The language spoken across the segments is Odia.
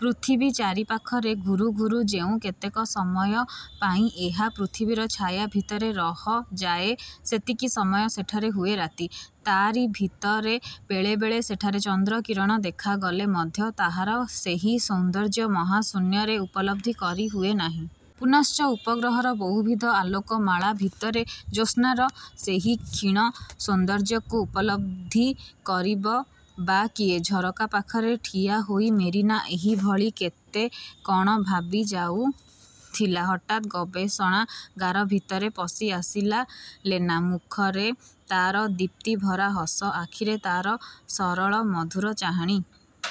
ପୃଥିବୀ ଚାରିପାଖରେ ଘୂରୁ ଘୂରୁ ଯେଉଁ କେତେକ ସମୟ ପାଇଁ ଏହା ପୃଥିବୀର ଛାୟା ଭିତରେ ରହଯାଏ, ସେତିକି ସମୟ ସେଠାରେ ହୁଏ ରାତି। ତା'ରି ଭିତରେ ବେଳେବେଳେ ସେଠାରେ ଚନ୍ଦ୍ରକିରଣ ଦେଖାଗଲେ ମଧ୍ୟ ତାହାର ସେହି ସୌନ୍ଦର୍ଯ୍ୟ ମହାଶୂନ୍ୟରେ ଉପଲବ୍ଧି କରି ହୁଏ ନାହିଁ। ପୁନଶ୍ଚ ଉପଗ୍ରହର ବହୁବିଧ ଆଲୋକମାଳା ଭିତରେ ଜ୍ୟୋସ୍ନାର ସେହି କ୍ଷୀଣ ସୌନ୍ଦର୍ଯ୍ୟକୁ ଉପଲବ୍ଧି କରିବ ବା କିଏ? ଝରକା ପାଖରେ ଠିଆହୋଇ ମେରିନା ଏହିଭଳି କେତେ କ'ଣ ଭାବିଯାଉଥିଲା। ହଠାତ୍ ଗବେଷଣାଗାର ଭିତରେ ପଶିଆସିଲା ଲେନା। ମୁଖରେ ତାର ଦୀପ୍ତିଭରା ହସ, ଆଖିରେ ତାର ସରଳ ମଧୁର ଚାହାଣି।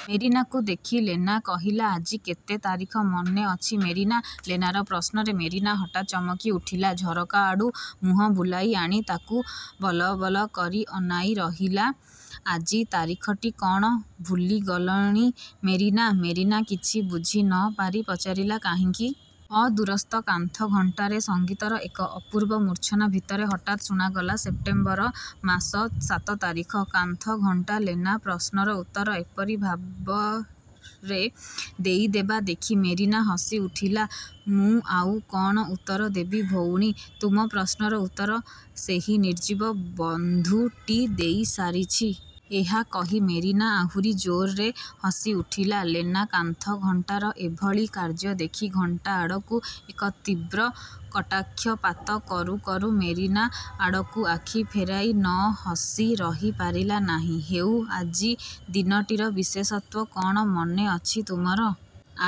ମେରିନାକୁ ଦେଖି ଲେନା କହିଲା, ''ଆଜି କେତେ ତାରିଖ ମନେ ଅଛି ମେରିନା? '' ଲେନାର ପ୍ରଶ୍ନରେ ମେରିନା ହଠାତ୍ ଚମକି ଉଠିଲା। ଝରକା ଆଡ଼ୁ ମୁହଁ ବୁଲାଇ ଆଣି ତା'କୁ ବଲବଲ କରି ଅନାଇ ରହିଲା, ''ଆଜି ତାରିଖଟି କ'ଣ ଭୁଲିଗଲଣି ମେରିନା? ''ମେରିନା କିଛି ବୁଝି ନପାରି ପଚାରିଲା, ''କାହିଁକି? '' ଅଦୂରସ୍ଥ କାନ୍ଥଘଣ୍ଟାରେ ସଙ୍ଗୀତର ଏକ ଅପୂର୍ବ ମୂର୍ଚ୍ଛନା ଭିତରେ ହଠାତ୍ ଶୁଣାଗଲା-''ସେପ୍ଟେମ୍ୱର ମାସ ସାତ ତାରିଖ। '' କାନ୍ଥଘଣ୍ଟା ଲେନା ପ୍ରଶ୍ନର ଉତ୍ତର ଏପରି ଭାବରେ ଦେଇଦେବା ଦେଖି ମେରିନା ହସି ଉଠିଲା। ''ମୁଁ ଆଉ କ'ଣ ଉତ୍ତର ଦେବୀ ଭଉଣୀ? ତୁମ ପ୍ରଶ୍ନର ଉତ୍ତର ସେହି ନିର୍ଜୀବ ବନ୍ଧୁଟି ଦେଇସାରିଛି। ' ଏହା କହି ମେରିନା ଆହୁରି ଜୋର୍ରେ ହସି ଉଠିଲା। ଲେନା କାନ୍ଥଘଣ୍ଟାର ଏଭଳି କାର୍ଯ୍ୟ ଦେଖି ଘଣ୍ଟା ଆଡ଼କୁ ଏକ ତୀବ୍ର କଟାକ୍ଷପାତ କରୁ କରୁ ମେରିନା ଆଡ଼କୁ ଆଖି ଫେରାଇ ନହସି ରହିପାରିଲା ନାହିଁ। ''ହେଉ, ଆଜି ଦିନଟିର ବିଶେଷତ୍ୱ କ'ଣ ମନେ ଅଛି ତୁମର? ''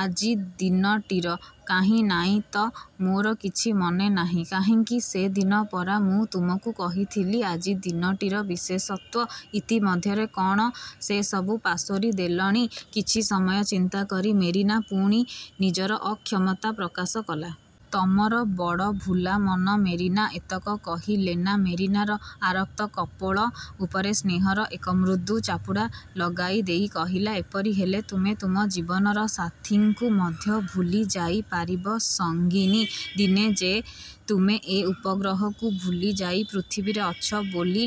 ''ଆଜି ଦିନଟିର? କାହିଁ, ନାଇଁ ତ-ମୋର କିଛି ମନେ ନାହିଁ। '' ''କାହିଁକି, ସେଦିନ ପରା ମୁଁ ତୁମକୁ କହିଥିଲି, ଆଜି ଦିନଟିର ବିଶେଷତ୍ୱ। ଇତିମଧ୍ୟରେ କ'ଣ ସେ ସବୁ ପାସୋରି ଦେଲଣି? '' କିଛି ସମୟ ଚିନ୍ତା କରି ମେରିନା ପୁଣି ନିଜର ଅକ୍ଷମତା ପ୍ରକାଶ କଲା। ''ତମର ବଡ଼ ଭୁଲା ମନ ମେରିନା! '' ଏତକ କହି ଲେନା ମେରିନାର ଆରକ୍ତ କପୋଳ ଉପରେ ସ୍ନେହର ଏକ ମୃଦୁ ଚାପୁଡ଼ା ଲଗାଇ ଦେଇ କହିଲା, ''ଏପରି ହେଲେ ତୁମେ ତୁମ ଜୀବନର ସାଥୀଙ୍କୁ ମଧ୍ୟ ଭୁଲିଯାଇ ପାରିବ ସଙ୍ଗିନି! ଦିନେ ଯେ ତୁମେ ଏ ଉପଗ୍ରହକୁ ଭୁଲିଯାଇ ପୃଥିବୀରେ ଅଛ ବୋଲି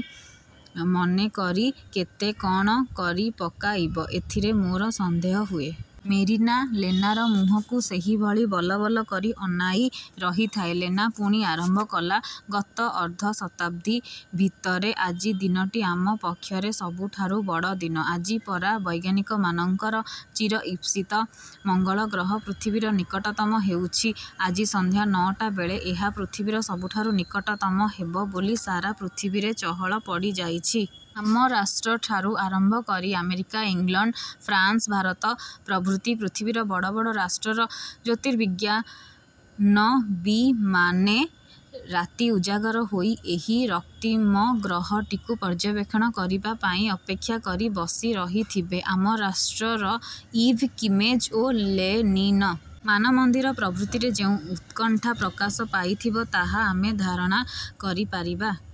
ମନେ କରି କେତେ କଣ କରିପକାଇବ, ଏଥିରେ ମୋର ସନ୍ଦେହ ହୁଏ। '' ମେରିନା ଲେନାର ମୁହଁକୁ ସେହିଭଳି ବଲବଲ କରି ଅନାଇ ରହିଥାଏ। ଲେନା ପୁଣି ଆରମ୍ଭ କଲା-'ଗତ ଅର୍ଦ୍ଧ-ଶତାବ୍ଦୀ ଭିତରେ ଆଜି ଦିନଟି ଆମ ପକ୍ଷରେ ସବୁଠାରୁ ବଡ଼ ଦିନ। ଆଜି। ପରା ବୈଜ୍ଞାନିକମାନଙ୍କର ଚିରଈପ୍ସିତ ମଙ୍ଗଳଗ୍ରହ ପୃଥିବୀର ନିକଟତମ ହେଉଛି? ଆଜି ସନ୍ଧ୍ୟା ନ'ଟା ବେଳେ ଏହା ପୃଥିବୀର ସବୁଠାରୁ ନିକଟତମ ହେବ ବୋଲି ସାରା ପୃଥିବୀରେ ଚହଳ ପଡ଼ିଯାଇଛି। ଆମ ରାଷ୍ଟ୍ରଠାରୁ ଆରମ୍ଭ କରି ଆମେରିକା, ଇଂଲଣ୍ଡ, ଫ୍ରାନ୍ସ, ଭାରତ ପ୍ରଭୃତି ପୃଥିବୀର ବଡ଼ ବଡ଼ ରାଷ୍ଟ୍ରର ଜ୍ୟୋତିର୍ବିଜ୍ଞାନବିତ୍ମାନେ ରାତି ଉଜାଗର ହୋଇ ଏହି ରକ୍ତିମ ଗ୍ରହଟିକୁ ପର୍ଯ୍ୟବେକ୍ଷଣ କରିବା ପାଇଁ ଅପେକ୍ଷା କରି ବସି ରହିଥିବେ। ଆମ ରାଷ୍ଟ୍ରର ଇଭ୍, କିମେଜ୍ ଓ ଲେନିନ୍ ମାନମନ୍ଦିର ପ୍ରଭୃତିରେ ଯେଉଁ ଉତ୍କଣ୍ଠା ପ୍ରକାଶ ପାଇଥିବ, ତାହା ଆମେ ଧାରଣା କରିପାରିବା